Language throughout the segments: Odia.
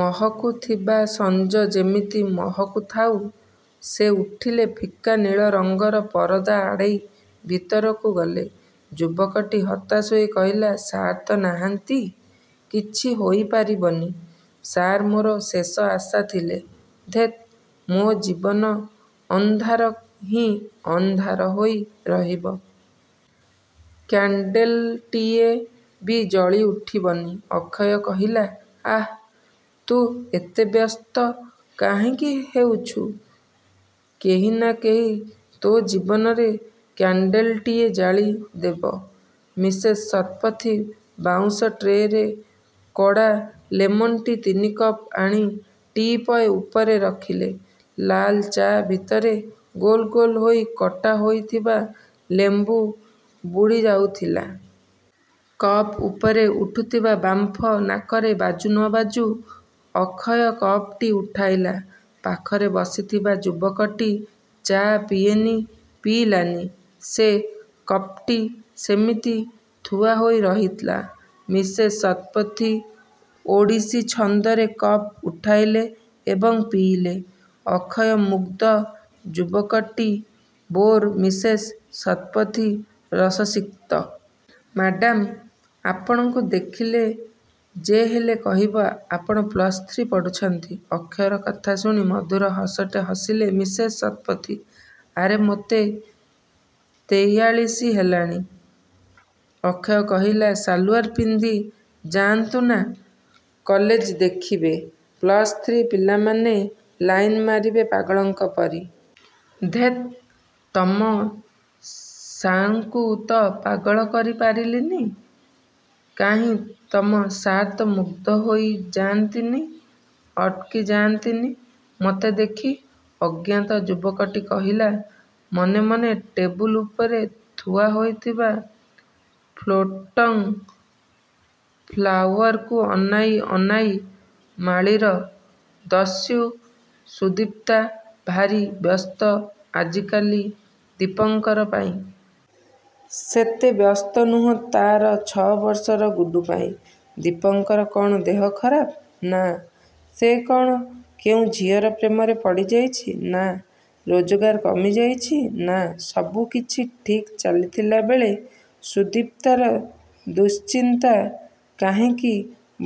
ମହକୁଥିବା ସଂଜ ସେମିତି ମହକୁ ଥାଉ। ସେ ଉଠିଲେ ଫିକା ନୀଳ ରଂଗର ପରଦା ଆଡ଼େଇ ଭିତରକୁ ଗଲେ। ଯୁବକଟି ହତାଶ ହୋଇ କହିଲା, ''ସାର୍ ତ ନାହାନ୍ତି କିଛି ହୋଇପାରିବନି। ସାର ମୋର ଶେଷ ଆଶା ଥିଲେ। ଧେତ୍ ମୋ ଜୀବନ ଅଂଧାର ହିଁ ଅଂଧାର ହୋଇ ରହିବ। କ୍ୟାଣ୍ଡେଲଟିଏ ବି ଜଳି ଉଠିବନି। ଅକ୍ଷୟ କହିଲା,''ଆଃ.. ତୁ ଏତେ ବ୍ୟସ୍ତ କାହିଁକି ହେଉଛୁ। କେହିନା କେହି ତୋ ଜୀବନରେ କ୍ୟାଣ୍ଡେଲଟିଏ ଜାଳି ଦେବ। ''ମିସେସ୍ ଶତପଥୀ ବାଉଁଶ ଟ୍ରେରେ କଡ଼ା ''ଲେମନ୍ ଟି' ତିନି କପ୍ ଆଣି ଟିପୟ ଉପରେ ରଖିଲେ। ଲାଲ ଚା' ଭିତରେ ଗୋଲ ଗୋଲ ହୋଇ କଟା ହୋଇଥିବା ଲେମ୍ବୁ ବୁଡ଼ି ବୁଡ଼ି ଯାଉଥିଲା। କପ ଉପରେ ଉଠୁଥିବା ବାମ୍ଫ ନାକରେ ବାଜୁ ନ ବାଜୁ, ଅକ୍ଷୟ କପଟି ଉଠାଇଲା। ପାଖରେ ବସିଥିବା ଯୁବକଟି ଚା' ପିଏନି, ପିଇଲାନି। ସେ କପ୍ଟି ସେମିତି ଥୁଆ ହୋଇ ରହିଲା। ମିସେସ୍ ଶତପଥୀ ଓଡ଼ିଶୀ ଛନ୍ଦରେ କପ୍ ଉଠାଇଲେ ଏବଂ ପିଇଲେ। ଅକ୍ଷୟ ମୁଗ୍ଧ, ଯୁବକଟି ବୋର୍, ମିସେସ୍ ଶତପଥୀ ରସସିକ୍ତ। ''ମାଡ଼ାମ୍! ଆପଣଙ୍କୁ ଦେଖିଲେ ଯେହେଲେ କହିବ ଆପଣ ପ୍ଲସ ଥ୍ରି ପଢ଼ୁଛନ୍ତି। '' ଅକ୍ଷୟର କଥା ଶୁଣି ମଧୁର ହସଟେ ହସିଲେ ମିସେସ୍ ଶତପଥୀ। ''ଆରେ, ମୋତେ ତେଇଆଳିଶ ହେଲାଣି। '' ଅକ୍ଷୟ କହିଲା, ''ସାଲୁଆର ପିନ୍ଧି ଯା'ନ୍ତୁନା କଲେଜ ଦେଖିବେ, ପ୍ଲସ୍ ଥ୍ରି ପିଲାମାନେ ଲାଇନ୍ ମାରିବେ ପାଗଳଙ୍କ ପରି। '' ''ଧେତ୍ ତମ ସାର୍ଙ୍କୁତ ପାଗଳ କରି ପାରିଲିନି? କାହିଁ ତମ ସାର୍ ତ ମୁଗ୍ଧ ହୋଇଯା'ନ୍ତିନି, ଅଟକି ଯା'ନ୍ତିନି ମୋତେ ଦେଖି? '' ଅଜ୍ଞାତ ଯୁବକଟି କହିଲା ମନେ ମନେ ଟେବୁଲ୍ ଉପରେ ଥୁଆ ହୋଇଥିବା ଫ୍ଲୋଟଂ ଫ୍ଲାୱାରକୁ ଅନାଇ ଅନାଇ, ''ମାଳିର। ଦସ୍ୟୁ ସୁଦିପ୍ତା ଭାରି ବ୍ୟସ୍ତ ଆଜିକାଲି ଦୀପଙ୍କର ପାଇଁ। ସେତେ ବ୍ୟସ୍ତ ନୁହଁ ତା'ର ଛ'ବର୍ଷର ଗୁଡୁ ପାଇଁ। ଦୀପଙ୍କରର କ'ଣ ଦେହ ଖରାପ? ନା...। ସେ କ'ଣ କେଉଁ ଝିଅର ପ୍ରେମରେ ପଡ଼ିଯାଇଛି...। ନା...। ରୋଜଗାର କମିଯାଇଛି...? ନା...। ସବୁକିଛି ଠିକ୍ ଚାଲିଥିଲାବେଳେ ସୁଦୀପ୍ତାର ଦୁଶ୍ଚିନ୍ତା କାହିଁକି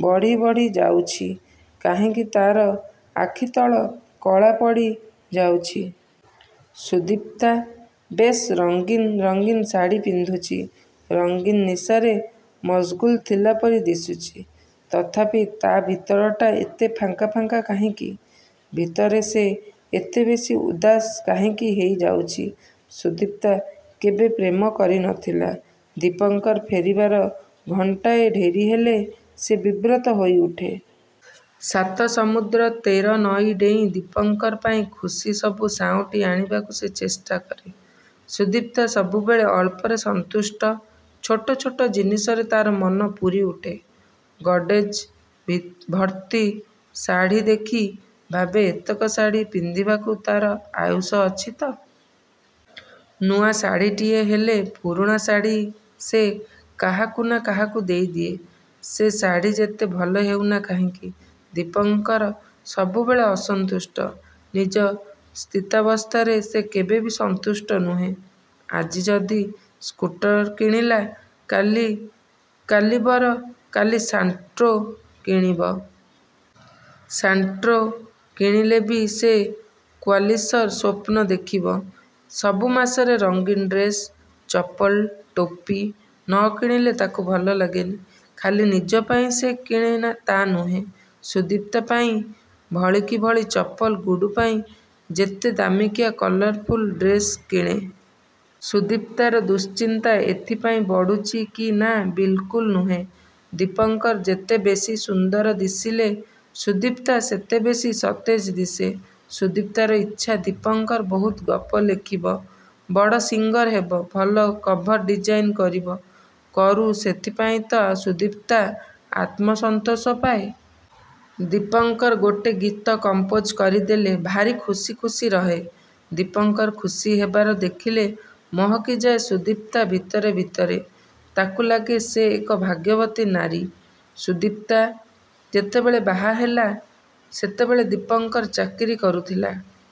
ବଢ଼ି ବଢ଼ି ଯାଉଛି। କାହିଁକି ତା'ର ଆଖିତଳ କଳା ପଡ଼ିଯାଉଛି। ସୁଦିପ୍ତା ବେଶ୍ ରଙ୍ଗୀନ ରଙ୍ଗୀନ ଶାଢ଼ୀ ପିନ୍ଧୁଛି, ରଙ୍ଗୀନ ନିଶାରେ ମସଗୁଲ୍ ଥିଲାପରି ଦିଶୁଛି। ତଥାପି ତା' ଭିତରଟା ଏତେ ଫାଙ୍କା ଫାଙ୍କା କାହିଁକି? ଭିତରେ ସେ ଏତେ ବେଶୀ ଉଦାସ କାହିଁକି ହେଇଯାଉଛି। ସୁଦିପ୍ତା କେବେ ପ୍ରେମ କରିନଥିଲା। ଦୀପଙ୍କର ଫେରିବାର ଘଣ୍ଟାଏ ଡେରି ହେଲେ ସେ ବିବ୍ରତ ହୋଇଉଠେ। ସାତ ସମୁଦ୍ର ତେର ନଇଁ ଡେଇଁ ଦୀପଙ୍କର ପାଇଁ ଖୁସି ସବୁ ସାଉଁଟି ଆଣିବାକୁ ସେ ଚେଷ୍ଟା କରେ। ସୁଦିପ୍ତା ସବୁବେଳେ ଅଳ୍ପରେ ସନ୍ତୁଷ୍ଟ, ଛୋଟ ଛୋଟ ଜିନିଷରେ ତା'ର ମନ ପୁରି ଉଠେ। ଗର୍ଡ଼େଜ୍ ଭର୍ତ୍ତି ଶାଢ଼ୀ ଦେଖି ଭାବେ ଏତକ ଶାଢ଼ୀ ପିନ୍ଧିବାକୁ ତା'ର ଆୟୁଷ ଅଛିତ? ନୂଆ ଶାଢ଼ୀଟିଏ ହେଲେ ପୁରୁଣା ଶାଢ଼ୀ ସେ କାହାକୁନା କାହାକୁ ଦେଇଦିଏ, ସେ ଶାଢ଼ୀ ଯେତେ ଭଲ ହେଉନା କାହିଁକି? ଦୀପଙ୍କର ସବୁବେଳେ ଅସନ୍ତୁଷ୍ଟ। ନିଜ ସ୍ଥିତାବସ୍ଥାରେ ସେ କେବେବି ସନ୍ତୁଷ୍ଟ ନୁହେଁ। ଆଜି ଯଦି ସ୍କୁଟର କିଣିଲା କାଲି କାଲିବର କାଲି ସାଣ୍ଟ୍ରୋ କିଣିବ? ସାଣ୍ଟ୍ରୋ କିଣିଲେ ବି ସେ କ୍ୱାଲିସର ସ୍ୱପ୍ନ ଦେଖିବ। ସବୁ ମାସରେ ରଙ୍ଗୀନ ଡ୍ରେସ, ଚପଲ, ଟୋପି ନ କିଣିଲେ ତାକୁ ଭଲ ଲାଗେନି। ଖାଲି ନିଜ ପାଇଁ ସେ କିଣେ ତା'ନୁହେଁ ସୁଦିପ୍ତା ପାଇଁ ଭଳିକି ଭଳି ଚପଲ ଗୁଡୁ ପାଇଁ ଯେତେ ଦାମିକିଆ କଲରଫୁଲ ଡ୍ରେସ କିଣେ। ସୁଦିପ୍ତାର ଦୁଶ୍ଚିନ୍ତା ଏଥିପାଇଁ ବଢ଼ୁଛି କି ନା ବିଲକୁଲ ନୁହେଁ। ଦୀପଙ୍କର ଯେତେବେଶୀ ସୁନ୍ଦର ଦିଶିଲେ ସୁଦିପ୍ତା ସେତେବେଶୀ ସତେଜ ଦିଶେ। ସୁଦିପ୍ତାର ଇଚ୍ଛା ଦୀପଙ୍କର ବହୁତ ଗପ ଲେଖିବ। ବଡ଼ ସିଙ୍ଗର ହେବ, ଭଲ କଭର ଡିଜାଇନ କରିବ। କରୁ ସେଥିପାଇଁ ତ ସୁଦିପ୍ତା ଆତ୍ମ ସନ୍ତୋଷ ପାଏ। ଦୀପଙ୍କର ଗୋଟେ ଗୀତ କମ୍ପୋଜ କରିଦେଲେ ଭାରି ଖୁସି ଖୁସି ରହେ। ଦୀପଙ୍କର ଖୁସି ହେବାର ଦେଖିଲେ ମହକିଯାଏ ସୁଦିପ୍ତା ଭିତରେ ଭିତରେ। ତାକୁ ଲାଗେ ସେ ଏକ ଭାଗ୍ୟବତୀ ନାରୀ। ସୁଦିପ୍ତା ଯେତେବେଳେ ବାହାହେଲା, ସେତେବେଳେ ଦୀପଙ୍କର ଚାକିରି କରୁଥିଲା।